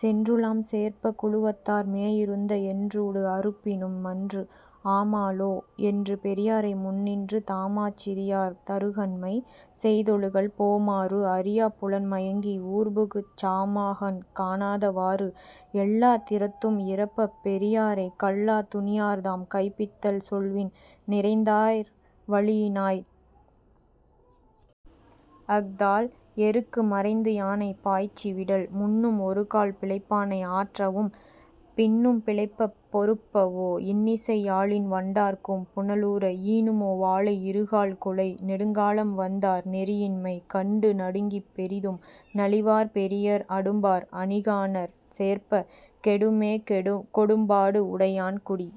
சென்றுலாம் சேர்ப்ப! 'குழுவத்தார் மேயிருந்த என்றூடு அறுப்பினும் மன்று'. ஆமாலோ என்று பெரியாரை முன்னின்று தாமாச் சிறியார் தறுகண்மை செய்தொழுகல் போமாறு அறியாப் புலன்மயங்கி ஊர்புக்குச் சாமாகண் காணாத வாறு. ' எல்லாத் திறத்தும் இறப்பப் பெரியாரைக் கல்லாத் துணையார்தாம் கைப்பித்தல் சொல்வின் நிறைந்தார் வளையினாய்! அஃதால் 'எருக்கு மறைந்துயானை பாய்ச்சி விடல்'. முன்னும் ஒருகால் பிழைப்பானை ஆற்றவும் பின்னும் பிழைப்பப் பொறுப்பவோ இன்னிசை யாழின் வண்டார்க்கும் புனலூர! 'ஈனுமோ வாழை இருகால் குலை'. நெடுங்காலம் வந்தார் நெறியின்மை கண்டு நடுங்கிப் பெரிதும் நலிவார் பெரியர் அடும்பார் அணிகானற் சேர்ப்ப! 'கெடுமே கொடும்பாடு உடையான் குடி'..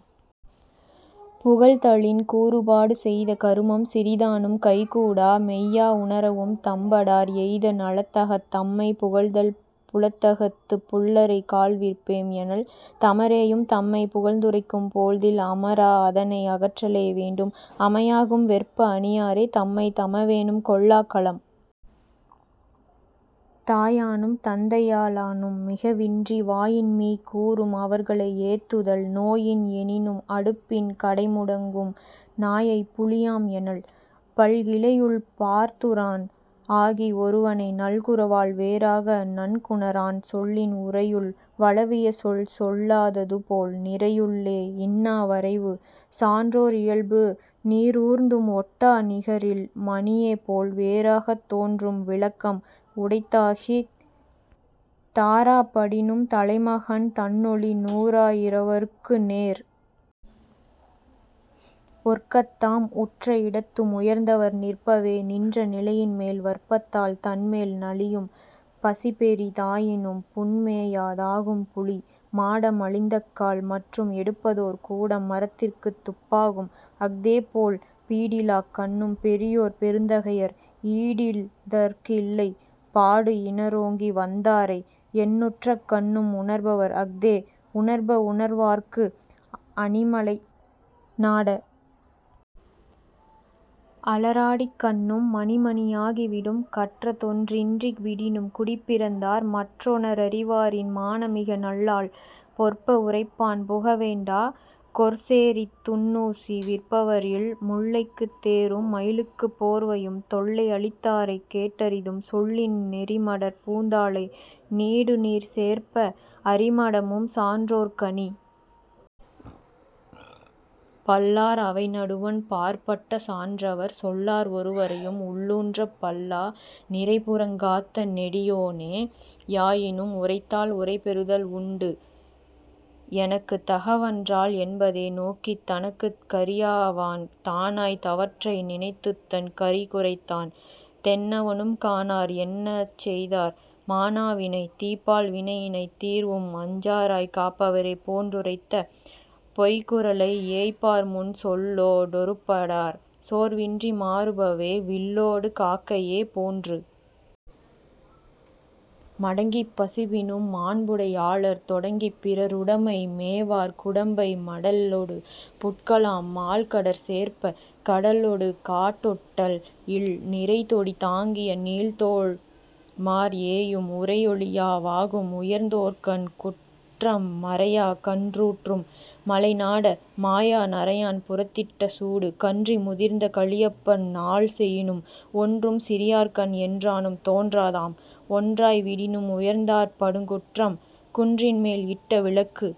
புகழ்தலின் கூறுபாடு செய்த கருமம் சிறிதானும் கைகூடா மெய்யா உணரவும் தாம்படார் எய்த நலத்தகத் தம்மைப் புகழ்தல் 'புலத்தகத்துப் புள்ளரைக் கால் விற்பேம் எனல்' தமரேயும் தம்மைப் புகழ்ந்துரைக்கும் போழ்தில் அமரா அதனை அகற்றலே வேண்டும் அமையாகும் வெற்ப! 'அணியாரே தம்மைத் தமவேனும் கொள்ளாக் கலம்'. தாயானும் தந்தையா லானும் மிகவின்றி வாயின்மீக் கூறும் அவர்களை ஏத்துதல் நோயின் எனினும் 'அடுப்பின் கடைமுடங்கும் நாயைப் புலியாம் எனல்'. பல்கிளையுள் பார்த்துறான் ஆகி ஒருவனை நல்குரவால் வேறாக நன்குணரான் சொல்லின் உரையுள் வளவியசொல் சொல்லா ததுபோல் 'நிரையுள்ளே இன்னா வரைவு'.. சான்றோர் இயல்பு நீறூர்ந்தும் ஒட்டா நிகரில் மணியேபோல் வேறாகத் தோன்றும் விளக்கம் உடைத்தாகித் 'தாறாப் படினும் தலைமகன் தன்னொளி நூறா யிரவர்க்கு நேர்'. ஒற்கத்தாம் உற்ற இடத்தும் உயர்ந்தவர் நிற்பவே நின்ற நிலையின்மேல் வற்பத்தால் தன்மேல் நலியும் 'பசிபெரி தாயினும் புன்மேயா தாகும் புலி'. மாடம் அழிந்தக்கால் மற்றும் எடுப்பதோர் கூடம் மரத்திற்குத் துப்பாகும் அஃதேபோல் பீடிலாக் கண்ணும் பெரியோர் பெருந்தகையர் 'ஈடில் லதற்கில்லை பாடு'. இணரோங்கி வந்தாரை என்னுற்றக் கண்ணும் உணர்பவர் அஃதே உணர்ப உணர்வார்க்கு அணிமலை நாட! 'அளறாடிக் கண்ணும் மணிமணி யாகி விடும்'. கற்றதொன் றின்றி விடினும் குடிப்பிறந்தார் மற்றொன றறிவாரின் மாணமிக நல்லால் பொற்ப உரைப்பான் புகவேண்டா 'கொற்சேரித் துன்னூசி விற்பவர் இல்'. முல்லைக்குத் தேரும் மயிலுக்குப் போர்வையும் தொல்லை அளித்தாரைக் கேட்டறிதும் சொல்லின் நெறிமடற் பூந்தாழை நீடுநீர்ச் சேர்ப்ப! 'அறிமடமும் சான்றோர்க் அணி'. பல்லார் அவைநடுவண் பாற்பட்ட சான்றவர் சொல்லார் ஒருவரையும் உள்ளூன்றப் பல்லா நிரைப்புறங் காத்த நெடியோனே யாயினும் 'உரைத்தால் உரைபெறுதல் உண்டு'. எனக்குத் தகவன்றால் என்பதே நோக்கித் தனக்குத் கரியாவான் தானாய்த் தவற்றை நினைத்துத்தன் கைகுறைத்தான் தென்னவனும் 'காணார் எனச்செய்தார் மாணா வினை'. தீப்பால் வினையினைத் தீரவும் அஞ்சாராய்க் காப்பாரே போன்றுரைத்த பொய்குறளை -ஏய்ப்பார்முன் சொல்லோ டொருப்படார் சோர்வின்றி மாறுபவே 'வில்லோடு காக்கையே போன்று'. மடங்கிப் பசிப்பினும் மாண்புடை யாளர் தொடங்கிப் பிறருடைமை மேவார் குடம்பை மடலொடு புட்கலாம் மால்கடற் சேர்ப்ப! 'கடலொடு காட்டொட்டல் இல்'. நிரைதொடி தாங்கிய நீள்தோள்மாற் ஏயும் உரையொழியா வாகும் உயர்ந்தோர்கண் குற்றம் மரையா கன்றூட்டும் மலைநாட! 'மாயா நரையான் புறத்திட்ட சூடு'. கன்றி முதிர்ந்த கழியப்பன் னாள்செயினும் ஒன்றும் சிறியார்கண் என்றானும் தோன்றாதாம் ஒன்றாய் விடினும் உயர்ந்தார்ப் படுங்குற்றம் 'குன்றின்மேல் இட்ட விளக்கு'..